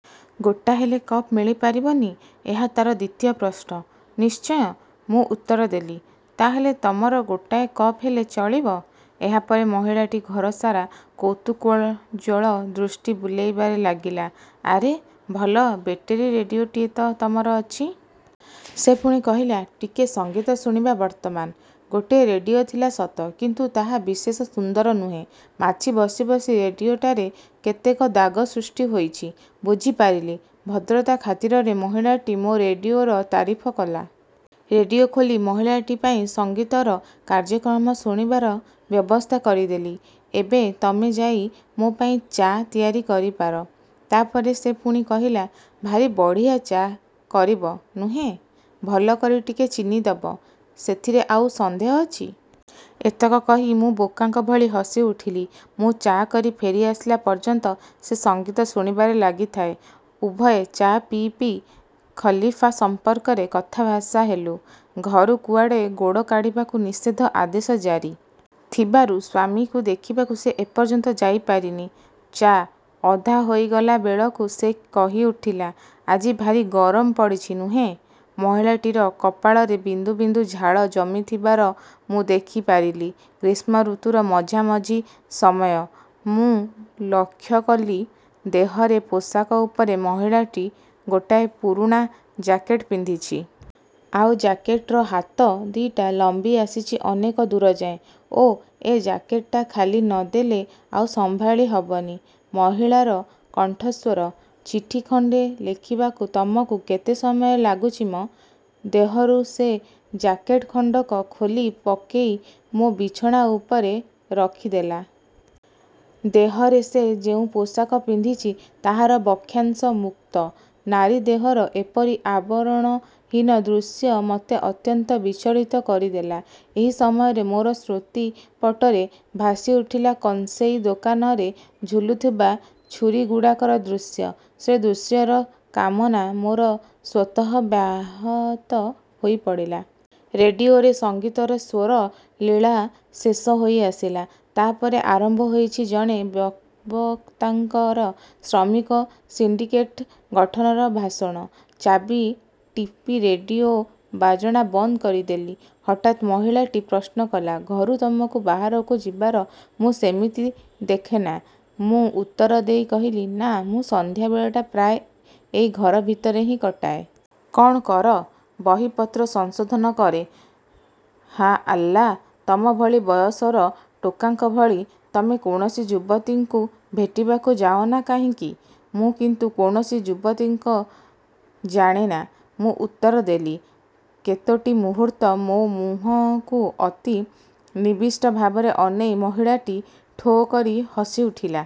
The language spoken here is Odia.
" "ଗୋଟାଏ ହେଲେ କପ୍ ମିଳିପାରିବ ନି? " ଏହା ତାର ଦ୍ଵିତୀୟ ପ୍ରଶ୍ନ। "ନିଶ୍ଚୟ। " ମୁଁ ଉତ୍ତର ଦେଲି। "ତା ହେଲେ ତମର ଗୋଟାଏ କପ୍ ହେଲେ ଚଳିବ। " ଏହାପରେ ମହିଳାଟି ଘରସାରା କୌତୁକୋଜ୍ଜ୍ୱଳ ଦୃଷ୍ଟି ବୁଲେଇବାରେ ଲାଗିଲା। "ଆରେ, ଭଲ ବେଟେରୀ ରେଡ଼ିଓଟିଏତ ତମର ଅଛି। " ସେ ପୁଣି କହିଲା, "ଟିକେ ସଙ୍ଗୀତ ଶୁଣିବା ବର୍ତ୍ତମାନ। " ଗୋଟିଏ ରେଡ଼ିଓ ଥିଲା ସତ, କିନ୍ତୁ ତାହା ବିଶେଷ ସୁନ୍ଦର ନୁହେଁ। ମାଛି ବସି ବସି ରେଡ଼ିଓଟାରେ କେତେକ ଦାଗ ସୃଷ୍ଟି ହୋଇଛି। ବୁଝି ପାରିଲି, ଭଦ୍ରତା ଖାତିରରେ ମହିଳାଟି ମୋ ରେଡ଼ିଓର ତାରିଫ କଲା। ରେଡ଼ିଓ ଖୋଲି ମହିଳାଟି ପାଇଁ ସଙ୍ଗୀତର କାର୍ଯ୍ୟକ୍ରମ ଶୁଣିବାର ବ୍ୟବସ୍ଥା କରିଦେଲି। "ଏବେ ତମେ ଯାଇ ମୋ ପାଇଁ ଚା' ତିଆରି କରିପାର। " ତା ପରେ ସେ ପୁଣି କହିଲା, "ଭାରି ବଢ଼ିଆ ଚା' କରିବ, ନୁହେଁ? ଭଲକରି ଟିକେ ଚିନି ଦବ। " "ସେଥିରେ ଆଉ ସନ୍ଦେହ ଅଛି? " ଏତକ କହି ମୁଁ ବୋକାଙ୍କ ଭଳି ହସି ଉଠିଲି। ମୁଁ ଚା' କରି ଫେରି ଆସିଲା ପର୍ଯ୍ୟନ୍ତ ସେ ସଙ୍ଗୀତ ଶୁଣିବାରେ ଲାଗିଥାଏ। ଉଭୟେ ଚା' ପିଇ ପିଇ ଖଲିଫା ସମ୍ପର୍କରେ କଥାଭାଷା ହେଲୁ। ଘରୁ କୁଆଡ଼େ ଗୋଡ଼ କାଢ଼ିବାକୁ ନିଷେଧ ଆଦେଶ ଜାରି। ଥିବାରୁ ସ୍ୱାମୀକି ଦେଖିବାକୁ ସେ ଏପର୍ଯ୍ୟନ୍ତ ଯାଇ ପାରିନି। ଚା, ଅଧା ହୋଇଗଲାବେଳକୁ ସେ କହି ଉଠିଲା, "ଆଜି ଭାରି ଗରମ ପଡ଼ିଚି, ନୁହେଁ! " ମହିଳାଟିର କପାଳରେ ବିନ୍ଦୁ ବିନ୍ଦୁ ଝାଳ ଜମିଥିବାର ମୁଁ ଦେଖି ପାରିଲି। ଗ୍ରୀଷ୍ମଋତୁର ମଝାମଝି ସମୟ। ମୁଁ ଲକ୍ଷ୍ୟ କଲି ଦେହର ପୋଷାକ ଉପରେ ମହିଳାଟି ଗୋଟାଏ ପୁରୁଣା ଜାକେଟ ପିନ୍ଧିଛି। ଆଉ ଜାକେଟର ହାତ ଦି'ଟା ଲମ୍ବି ଆସିଛି ଅନେକ ଦୂର ଯାଏ। "ଓ, ଏ ଜାକେଟଟା ଖୋଲି ନ ଦେଲେ ଆଉ ସମ୍ଭାଳି ହବନି। " ମହିଳାର କଣ୍ଠସ୍ଵର। "ଚିଠି ଖଣ୍ଡେ ଲେଖିବାକୁ ତମକୁ କେତେ ସମୟ ଲାଗୁଚି ମ? " ଦେହରୁ ସେ ଜାକେଟ ଖଣ୍ଡକ ଖୋଲି ପକେଇ ମୋ ବିଛଣା ଉପରେ ରଖିଦେଲା। ଦେହରେ ସେ ଯେଉଁ ପୋଷାକ ପିନ୍ଧିଛି, ତାହାର ବକ୍ଷାଂଶ ମୁକ୍ତ। ନାରୀ ଦେହର ଏପରି ଆବରଣହୀନ ଦୃଶ୍ୟ ମତେ ଅତ୍ୟନ୍ତ ବିଚଳିତ କରିଦେଲା। ଏହି ସମୟରେ ମୋର ସ୍ମୃତି ପଟରେ ଭାସି ଉଠିଲା କଂସେଇ ଦୋକାନରେ ଝୁଲୁଥିବା ଛୁରିଗୁଡ଼ାକର ଦୃଶ୍ୟ। ସେ ଦୃଶ୍ୟରେ କାମନା ମୋର ସ୍ଵତଃ ବ୍ୟାହତ ହୋଇପଡ଼ିଲା। ରେଡ଼ିଓରେ ସଙ୍ଗୀତର ସ୍ଵର ଲୀଳା ଶେଷ ହୋଇଆସିଲା। ତା'ପରେ ଆରମ୍ଭ ହୋଇଛି ଜଣେ ପ୍ରବକ୍ତାଙ୍କର ଶ୍ରମିକ ସିଣ୍ଡିକେଟ ଗଠନର ଭାଷଣ। ଚାବି ଟିପି ରେଡ଼ିଓ ବାଜଣା ବନ୍ଦ କରିଦେଲି। ହଠାତ୍ ମହିଳାଟି ପ୍ରଶ୍ନ କଲା, "ଘରୁ ତମକୁ ବାହାରକୁ ଯିବାର ମୁଁ ସେମିତି ଦେଖନା। " ମୁଁ ଉତ୍ତର ଦେଇ କହିଲି, "ନା, ମୁଁ ସନ୍ଧ୍ୟାବେଳଟା ପ୍ରାୟ ଏଇ ଘର ଭିତରେ ହିଁ କଟାଏ-। " "କଣ କର? " "ବହିପତ୍ର ସଂଶୋଧନ କରେ। " "ହା ଆଲ୍ଲା, ତମଭଳି ବୟସର ଟୋକାଙ୍କ ଭଳି ତମେ କୌଣସି ଯୁବତୀଙ୍କୁ ଭେଟିବାକୁ ଯାଅ ନା, କାହିଁକି? " "ମୁଁ କିନ୍ତୁ କୌଣସି ଯୁବତୀଙ୍କି–ଜାଣେ ନା। " ମୁଁ ଉତ୍ତର ଦେଲି। କେତୋଟି ମୁହୂର୍ତ୍ତ ମୋ ମୁହଁକୁ ଅତି ନିବିଷ୍ଟ ଭାବରେ ଅନେଇ ମହିଳାଟି ଠୋ କରି ହସି ଉଠିଲା।